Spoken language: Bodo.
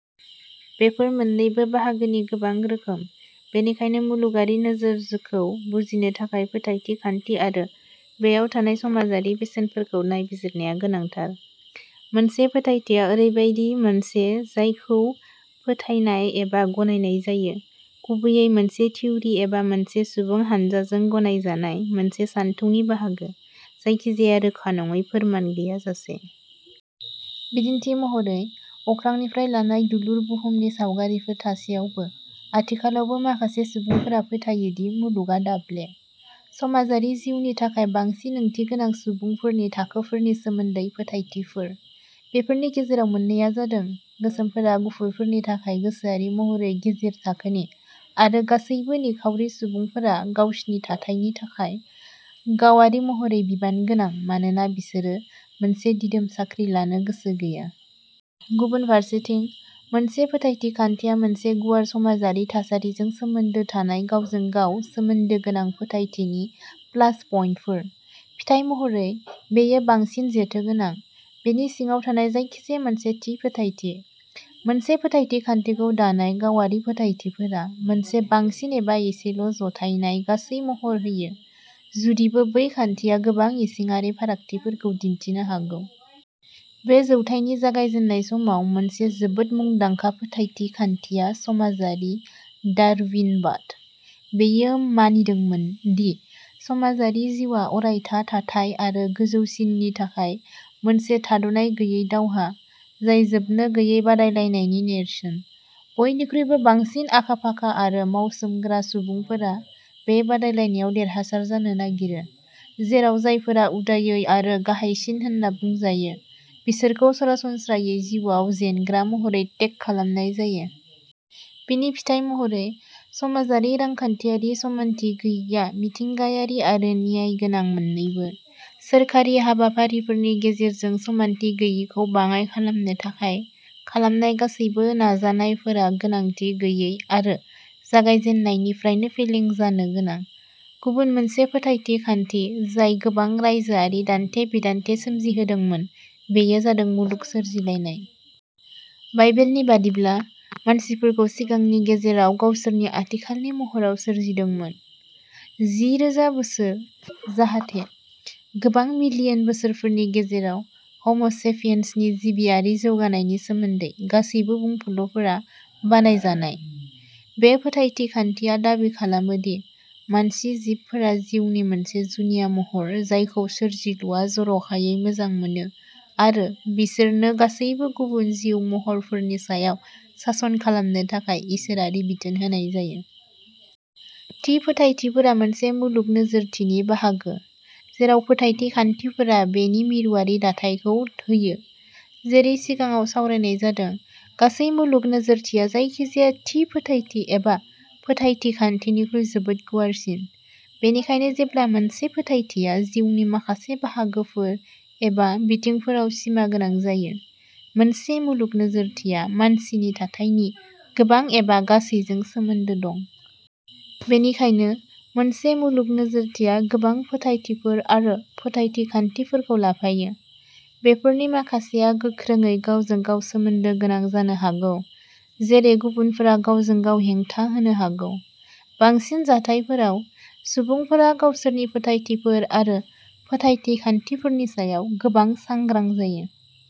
बेफोर मोन्नैबो बाहागोनि गोबां रोखोम। बेनिखायनो मुलुगारि नोजोरखौ बुजिनो थाखाय फोथायथि खान्थि आरो बेयाव थानाय समाजारि बेसेनफोरखौ नायबिजिरनाया गोनांथार। मोनसे फोथायथिआ ओरैबायदि मोनसे जायखौ फोथायनाय एबा गनायनाय जायो, गुबैयै मोनसे थिउरि एबा मोनसे सुबुं हान्जाजों गनायजानाय मोनसे सानथौनि बाहागो, जायखिजाया रोखा नङै फोरमान गैयाजासे। बिदिन्थि महरै, अख्रांनिफ्राय लानाय दुलुर बुहुमनि सावगारिफोर थासेयावबो, आथिखालावबो माखासे सुबुंफोरा फोथायो दि मुलुगआ दाब्ले। समाजारि जिउनि थाखाय बांसिन ओंथिगोनांआ सुबुंफोरनि थाखोफोरनि सोमोन्दै फोथायथिफोर। बेफोरनि गेजेराव मोननैआ जादों गोसोमफोरा गुफुरफोरनि थाखाय गोसोआरि महरै गेजेर थाखोनि, आरो गासैबो निखावरि सुबुंफोरा गावसिनि थाथायनि थाखाय गावारि महरै बिबान गोनां मानोना बिसोरो मोनसे दिदोम साख्रि लानो गोसो गैया। गुबुन फारसेथिं, मोनसे फोथायथि खान्थिया मोनसे गुवार समाजारि थासारिजों सोमोन्दो थानाय गावजों-गाव सोमोन्दो गोनां फोथायथिनि प्लास पइन्टफोर। फिथाय महरै, बेयो बांसिन जेथोगोनां। बिनि सिङाव थानाय जायखिजाया मोनसे थि फोथायथि। मोनसे फोथायथि खान्थिखौ दानाय गावारि फोथायथिफोरा मोनसे बांसिन एबा एसेल' जथायनाय गासै महर होयो, जुदिबो बै खान्थिया गोबां इसिङारि फारागथिफोरखौ दिन्थिनो हागौ। बे जौथाइनि जागायजेन्नाय समाव मोनसे जोबोद मुंदांखा फोथायथि खान्थिया समाजारि डारउइनबाद। बेयो मानिदोंमोन दि समाजारि जिउआ अरायथा थाथाय आरो गोजौसिननि थाखाय मोनसे थाद'नाय गैयै दावहा, जाय जोबनो गैयै बादायलायनायनि नेरसोन। बयनिख्रुइबो बांसिन आखा-फाखा आरो मावसोमग्रा सुबुंफोरा बे बादायलायनायाव देरहासार जानो नागिरो, जेराव जायफोरा उदायै आरो गाहायसिन होनना बुंजायो, बिसोरखौ सरासनस्रायै जिउआव जेनग्रा महरै टेग खालामनाय जायो। बेनि फिथाय महरै, समाजारि रांखान्थियारि समानथि गैयैआ मिथिंगायारि आरो न्यायगोनां मोन्नैबो। सोरखारि हाबाफारिफोरनि गेजेरजों समानथि गैयैखौ बाङाइ खालामनो थाखाय खालामनाय गासैबो नाजानायफोरा गोनांथि गैयै आरो जागायजेन्नायनिफ्रायनो फेलें जानो गोनां। गुबुन मोनसे फोथायथि खान्थि जाय गोबां रायजोआरि दान्थे-बिदान्थे सोमजिहोदोंमोन बेयो जादों मुलुग सोरजिलायनाय। बाइबेलनि बायदिब्ला, मानसिफोरखौ सिगांनि गेजेराव गावसोरनि आथिखालनि महराव सोरजिदोंमोन। जिरोजा बोसोर, जाहाथे गोबां मिलियन बोसोरफोरनि गेजेराव हम'सेपियन्सनि जिबारि जौगानायनि सोमोन्दै गासैबो बुंफुरलुफोरा बानायजानाय। बे फोथायथि खान्थिया दाबि खालामो दि मानसि जिबफोरा जिउनि मोनसे जुनिया महर जायखौ सोरजिलुआ जरखायै मोजां मोनो आरो बिसोरनो गासैबो गुबुन जिउ महरफोरनि सायाव सासन खालामनो थाखाय इसोरारि बिथोन होनाय जायो। थि फोथायथिफोरा मोनसे मुलुग नोजोरथिनि बाहागो, जेराव फोथायथि खान्थिफोरा बेनि मिरुआरि दाथायखौ होयो। जेरै सिगाङाव सावरायनाय जादों, गासै मुलुग नोजोरथिया जायखिजाया थि फोथायथि एबा फोथायथि खान्थिनिख्रुइ जोबोद गुवारसिन। बेनिखायनो जेब्ला मोनसे फोथायथिआ जिउनि माखासे बाहागोफोर एबा बिथिंफोराव सिमागोनां जायो, मोनसे मुलुग नोजोरथिया मानसिनि थाथायनि गोबां एबा गासैजों सोमोन्दो दं। बेनिखायनो, मोनसे मुलुग नोजोरथिया गोबां फोथायथिफोर आरो फोथायथि खान्थिफोरखौ लाफायो। बेफोरनि माखासेया गोख्रोंयै गावजों-गाव सोमोन्दो गोनां जानो हागौ, जेरै गुबुनफोरा गावजों-गाव हेंथा होनो हागौ। बांसिन जाथायफोराव, सुबुंफोरा गावसोरनि फोथायथिफोर आरो फोथायथि खान्थिफोरनि सायाव गोबां सांग्रां जायो।